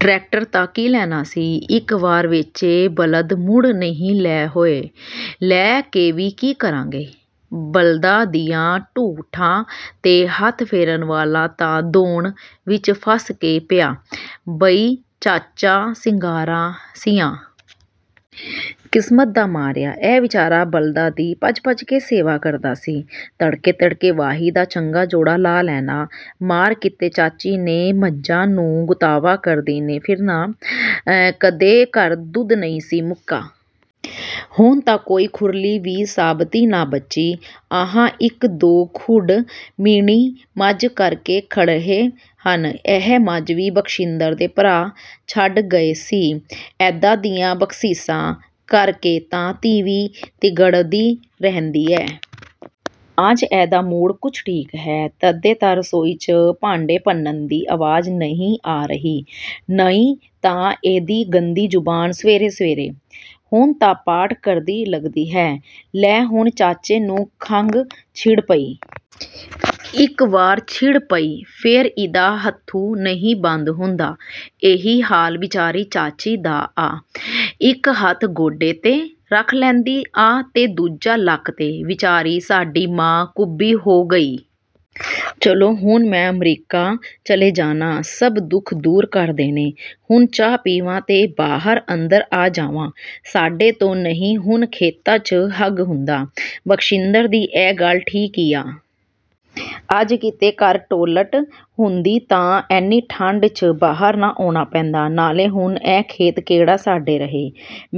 Tractor ਤਾਂ ਕੀ ਲੈਣਾ ਸੀ। ਇੱਕ ਵਾਰ ਵੇਚੇ ਬਲਦ ਮੁੜ ਨਈਂ ਲੈ ਹੋਏ। ਲੈ ਕੇ ਵੀ ਕੀ ਕਰਾਂਗੇ? ਬਲਦਾਂ ਦੀਆਂ ਢੁੱਠਾਂ 'ਤੇ ਹੱਥ ਫੇਰਨ ਵਾਲਾ ਤਾਂ ਦੌਣ ਵਿੱਚ ਫ਼ਸ ਕੇ ਪਿਆ। ਬਈ ਚਾਚਾ ਸ਼ਿੰਗਾਰਾ ਸਿਆਂ। ਕਿਸਮਤ ਦਾ ਮਾਰਿਆ—। " ਇਹ ਵਿਚਾਰਾ ਬਲਦਾਂ ਦੀ ਭੱਜ-ਭੱਜ ਕੇ ਸੇਵਾ ਕਰਦਾ ਸੀ। ਤੜਕੇ-ਤੜਕੇ ਵਾਹੀ ਦਾ ਚੰਗਾ ਜੋਤਾ ਲਾ ਲੈਣਾਂ। ਮਾਰ ਕਿਤੇ ਚਾਚੀ ਨੇ ਮੱਝਾਂ ਨੂੰ ਗੁਤਾਵਾ ਕਰਦੀ ਨੇ ਫਿਰਨਾ। ਕਦੇ ਘਰ ਦੁੱਧ ਨਈਂ ਸੀ ਮੁੱਕਾ। ਹੁਣ ਤਾਂ ਕੋਈ ਖੁਰਲੀ ਵੀ ਸਾਬਤੀ ਨਾ ਬਚੀ। ਆਹ ਇੱਕ ਦੋ ਖੁੰਢ ਮੀਣੀ ਮੱਝ ਕਰਕੇ ਖੜ੍ਹ੍ਹੇ ਹਨ। ਇਹ ਮੱਝ ਵੀ ਬਖਸ਼ਿੰਦਰ ਦੇ ਭਰਾ ਛੱਡ ਗਏ ਸੀ। ਐਦਾਂ ਦੀਆਂ 'ਬਖ਼ਸ਼ਿਸ਼ਾਂ' ਕਰਕੇ ਤਾਂ ਇਹ ਤੀਵੀਂ ਤੀਂਗੜ੍ਹਦੀ ਰਹਿੰਦੀ ਆ। ਅੱਜ ਇਹਦਾ ਮੂਡ ਕੁੱਛ ਠੀਕ ਹੈ। ਤਦੇ ਤਾਂ ਰਸੋਈ 'ਚ ਭਾਂਡੇ ਭੰਨਣ ਦੀ ਆਵਾਜ਼ ਨਈਂ ਆ ਰਹੀ। ਨਈਂ ਤਾਂ ਇਹਦੀ ਗੰਦੀ ਜ਼ੁਬਾਨ ਸਵੇਰੇ-ਸਵੇਰੇ…। ਹੁਣ ਤਾਂ ਪਾਠ ਕਰਦੀ ਲਗਦੀ ਹੈ। ਲੈ ਹੁਣ ਚਾਚੇ ਨੂੰ ਖੰਘ ਛਿੜ ਪਈ। ਇੱਕ ਵਾਰ ਛਿੜ ਪਈ, ਫ਼ੇਰ ਇ੍ਹਦਾ ਹੁੱਥੂ ਨਈਂ ਬੰਦ ਹੁੰਦਾ। ਏਹੀ ਹਾਲ ਵਿਚਾਰੀ ਚਾਚੀ ਦਾ ਆ। ਇੱਕ ਹੱਥ ਗੋਡੇ 'ਤੇ ਰੱਖ ਲੈਂਦੀ ਆ ਤੇ ਦੂਜਾ ਲੱਕ 'ਤੇ। ਵਿਚਾਰੀ ਸਾਡੀ ਮਾਂ ਕੁੱਬੀ ਹੋ ਗਈ! ਚਲੋ… ਹੁਣ ਮੈਂ ਅਮਰੀਕਾ ਚਲੇ ਜਾਣਾ। ਸੱਭ ਦੁੱਖ ਦੂਰ ਕਰ ਦੇਣੇ। ਹੁਣ ਚਾਹ ਪੀਵਾਂ ਤੇ ਬਾਹਰ-ਅੰਦਰ ਜਾ ਆਵਾਂ। "ਸਾਡੇ ਤੋਂ ਨਈਂ ਹੁਣ ਖੇਤਾਂ 'ਚ ਹੱਗ ਹੁੰਦਾ। " ਬਖਸ਼ਿੰਦਰ ਦੀ ਇਹ ਗੱਲ ਠੀਕ ਈ ਆ। ਅੱਜ ਕਿਤੇ ਘਰ ਟੋਲਟ ਹੁੰਦੀ ਤਾਂ ਐਨੀ ਠੰਢ 'ਚ ਬਾਹਰ ਨਾ ਆਉਣਾ ਪੈਂਦਾ। ਨਾਲੇ ਹੁਣ ਇਹ ਖੇਤ ਕਿਹੜਾ ਸਾਡੇ ਰਹੇ।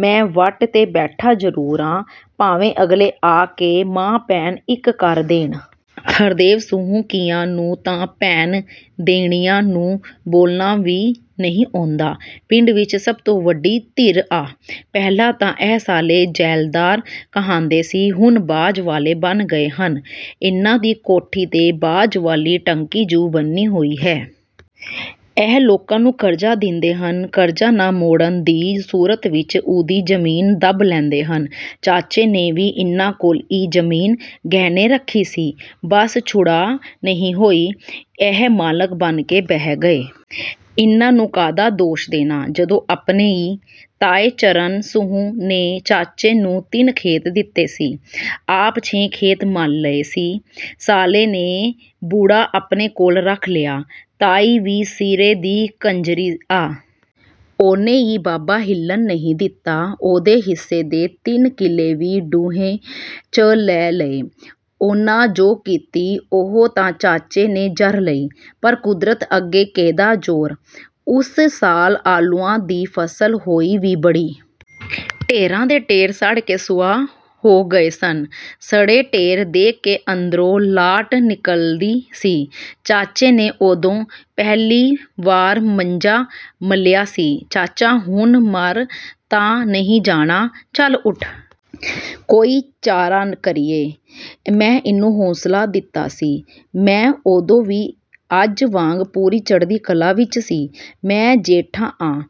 ਮੈਂ ਵੱਟ ਤੇ ਬੈਠਾ ਜ਼ਰੂਰ ਆਂ। ਭਾਵੇਂ ਅਗਲੇ ਆ ਕੇ ਮਾਂ ਭੈਣ ਇੱਕ ਕਰ ਦੇਣ। ਹਰਦੇਵ ਸੁੰਹ ਕਿਆਂ ਨੂੰ ਤਾਂ ਭੈਣ ਦੇਣਿਆਂ ਨੂੰ ਬੋਲਣਾ ਵੀ ਨਈਂ ਆਉਂਦਾ। ਪਿੰਡ ਵਿੱਚ ਸੱਭ ਤੋਂ ਵੱਡੀ ਧਿਰ ਆ। ਪਹਿਲਾਂ ਤਾਂ ਇਹ ਸਾਲੇ ਜ਼ੈਲਦਾਰ ਕਹਾਂਦੇ ਸੀ, ਹੁਣ ਬਾਜ਼ ਵਾਲੇ ਬਣ ਗਏ ਹਨ। ਇਨ੍ਹਾਂ ਦੀ ਕੋਠੀ 'ਤੇ ਬਾਜ਼ ਵਾਲੀ ਟੈਂਕੀ ਜੂੰ ਬਣੀ ਹੋਈ ਹੈ। ਇਹ ਲੋਕਾਂ ਨੂੰ ਕਰਜ਼ਾ ਦਿੰਦੇ ਹਨ। ਕਰਜ਼ਾ ਨਾ ਮੋੜਨ ਦੀ ਸੂਰਤ ਵਿਚ, ਉਹਦੀ ਜ਼ਮੀਨ ਦੱਬ ਲੈਂਦੇ ਹਨ। ਚਾਚੇ ਨੇ ਵੀ ਇਨ੍ਹਾਂ ਕੋਲ ਈ ਜ਼ਮੀਨ ਗਹਿਣੇ ਰੱਖੀ ਸੀ। ਬੱਸ ਛੁਡਾ ਨਈਂ ਹੋਈ। ਇਹ ਮਾਲਕ ਬਣ ਕੇ ਬਹਿ ਗਏ। ਇਨ੍ਹਾਂ ਨੂੰ ਕਾਹਦਾ ਦੋਸ਼ ਦੇਣਾ। ਜਦੋਂ ਆਪਣੇ ਈ…! ਤਾਏ ਚਰਨ ਸੁੰਹ ਨੇ ਚਾਚੇ ਨੂੰ ਤਿੰਨ ਖੇਤ ਦਿੱਤੇ ਸੀ। ਆਪ ਛੇ ਖੇਤ ਮੱਲ ਲਏ ਸੀ। ਸਾਲੇ ਨੇ ਬੁੜਾ ਆਪਣੇ ਕੋਲ ਰੱਖ ਲਿਆ। ਤਾਈ ਵੀ ਸਿਰੇ ਦੀ ਕੰਜ਼ਰੀ ਆ। ਉਹਨੇ ਈ ਬਾਬਾ ਹਿੱਲਣ ਨਈਂ ਦਿੱਤਾ। ਉਹਦੇ ਹਿੱਸੇ ਦੇ ਤਿੰਨ ਕਿੱਲੇ ਵੀ ਢੂਹੇ 'ਚ ਲੈ ਲਏ। ਉਹਨਾਂ ਜੋ ਕੀਤੀ, ਉਹ ਤਾਂ ਚਾਚੇ ਨੇ ਜ਼ਰ ਲਈ। ਪਰ ਕੁਦਰਤ ਅੱਗੇ ਕਿਹਦਾ ਜ਼ੋਰ। ਉਸ ਸਾਲ ਆਲੂਆਂ ਦੀ ਫ਼ਸਲ ਹੋਈ ਵੀ ਬੜੀ। ਢੇਰਾਂ ਦੇ ਢੇਰ ਸੜ ਕੇ ਸੁਆਹ ਹੋ ਗਏ ਸਨ। ਸੜੇ ਢੇਰ ਦੇਖ ਕੇ ਅੰਦਰੋਂ ਲਾਟ ਨਿਕਲਦੀ ਸੀ। ਚਾਚੇ ਨੇ ਉਦੋਂ, ਪਹਿਲੀ ਵਾਰ ਮੰਜਾ ਮੱਲਿਆ ਸੀ। "ਚਾਚਾ ਹੁਣ ਮਰ ਤਾਂ ਨਈਂ ਜਾਣਾ।… ਚੱਲ ਉੱਠ। ਕੋਈ ਚਾਰਾ ਕਰੀਏ। " ਮੈਂ ਇਹਨੂੰ ਹੌਂਸਲਾ ਦਿੱਤਾ ਸੀ। ਮੈਂ ਉਦੋਂ ਵੀ ਅੱਜ ਵਾਂਗ ਪੂਰੀ ਚੜ੍ਹਦੀ ਕਲਾ ਵਿੱਚ ਸੀ। ਮੈਂ ਜੇਠਾ ਆਂ।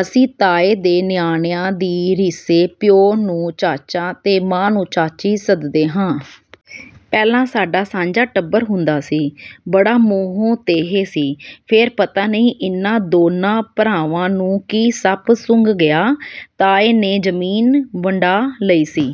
ਅਸੀਂ ਤਾਏ ਦੇ ਨਿਆਣਿਆਂ ਦੀ ਰੀਸੇ ਪਿਓ ਨੂੰ ਚਾਚਾ ਤੇ ਮਾਂ ਨੂੰ ਚਾਚੀ ਸੱਦਦੇ ਹਾਂ। ਪਹਿਲਾਂ ਸਾਡਾ ਸਾਂਝਾ ਟੱਬਰ ਹੁੰਦਾ ਸੀ। ਬੜਾ ਮੋਹ ਤੇਹ ਸੀ। ਫ਼ੇਰ ਪਤਾ ਨਈਂ ਇਨ੍ਹਾਂ ਦੋਨਾਂ ਭਰਾਵਾਂ ਨੂੰ ਕੀ ਸੱਪ ਸੁੰਘ ਗਿਆ। ਤਾਏ ਨੇ ਜ਼ਮੀਨ ਵੰਡਾ ਲਈ ਸੀ।